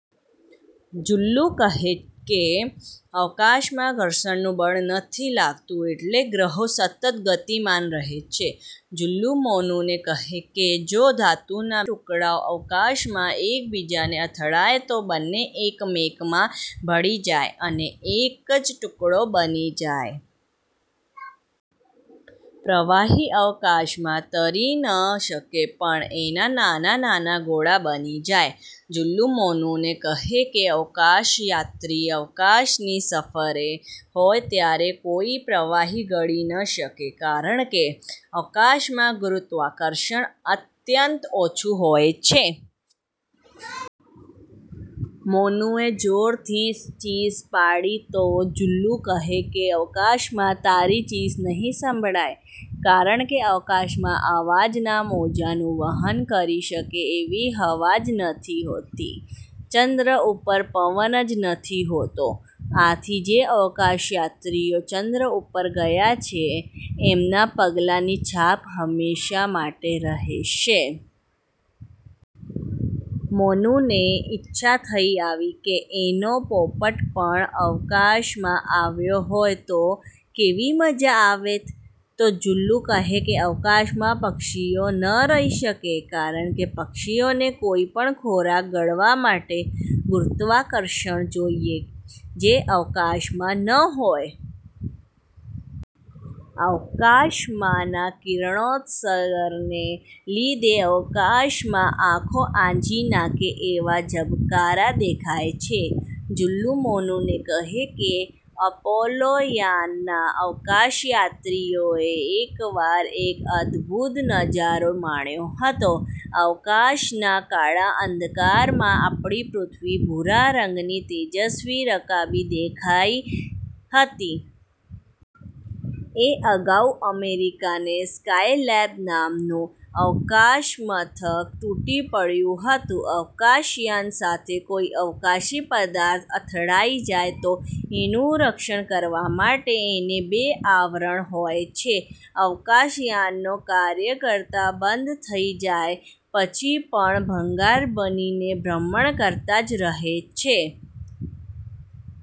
જુલ્લુ કહે કે અવકાશમાં ઘર્ષણનું બળ નથી લાગતું એટલે ગ્રહો સતત ગતિમાન રહે છે. જુલ્લુ મોનુને કહે કે જો ધાતુના બે ટુકડાઓ અવકાશમાં એક બીજાને અથડાય તો બંને એકમેકમાં ભળી જાય અને એક જ ટુકડો બની જાય. પ્રવાહી અવકાશમાં તરી ન શકે પણ એના નાના નાના ગોળા બની જાય. જુલ્લુ મોનુને કહે કે અવકાશયાત્રી અવકાશની સફરે હોય ત્યારે કોઈ પ્રવાહી ગળી ન શકે કારણકે અવકાશમાં ગુરુત્વાકર્ષણ અત્યંત ઓછું હોય છે. મોનુએ જોરથી ચીસ પાડી તો જુલ્લુ કહે કે અવકાશમાં તારી ચીસ નહીં સંભળાય કારણકે અવકાશમાં અવાજના મોજાંનું વહન કરી શકે એવી હવા જ નથી હોતી. ચન્દ્ર ઉપર પવન જ નથી હોતો આથી જે અવકાશયાત્રીઓ ચંદ્ર ઉપર ગયા છે એમના પગલાંની છાપ હંમેશ માટે રહેશે. મોનુને ઈચ્છા થઇ આવી કે એનો પોપટ પણ અવકાશમાં આવ્યો હોત તો કેવી મજા આવેત? તો જુલ્લુ કહે કે અવકાશમાં પક્ષીઓ ન રહી શકે કારણકે પક્ષીઓને કોઈ પણ ખોરાક ગળવા માટે ગુરુત્વાકર્ષણ જોઈએ જે અવકાશમાં ન હોય. અવકાશમાંના કિરણોત્સર્ગને લીધે અવકાશમાં આંખો આંજી નાંખે એવા ઝબકારા દેખાય છે. જુલ્લુ મોનુને કહે કે અપોલોયાનના અવકાશયાત્રીઓએ એકવાર એક અદભુત નજારો માણ્યો હતો. અવકાશના કાળા અંધકારમાં આપણી પૃથ્વી ભૂરા રંગની તેજસ્વી રકાબી જેવી દેખાઈ હતી! એ અગાઉ અમેરિકાનું સ્કાયલેબ નામનું અવકાશમથક તૂટી પડ્યું હતું. અવકાશયાન સાથે કોઈ અવકાશી પદાર્થ અથડાઈ જાય તો એનું રક્ષણ કરવા માટે એને બે આવરણ હોય છે. અવકાશયાનો કાર્ય કરતાં બંધ થઇ જાય પછી પણ ભંગાર બનીને ભ્રમણ કરતાં જ રહે છે.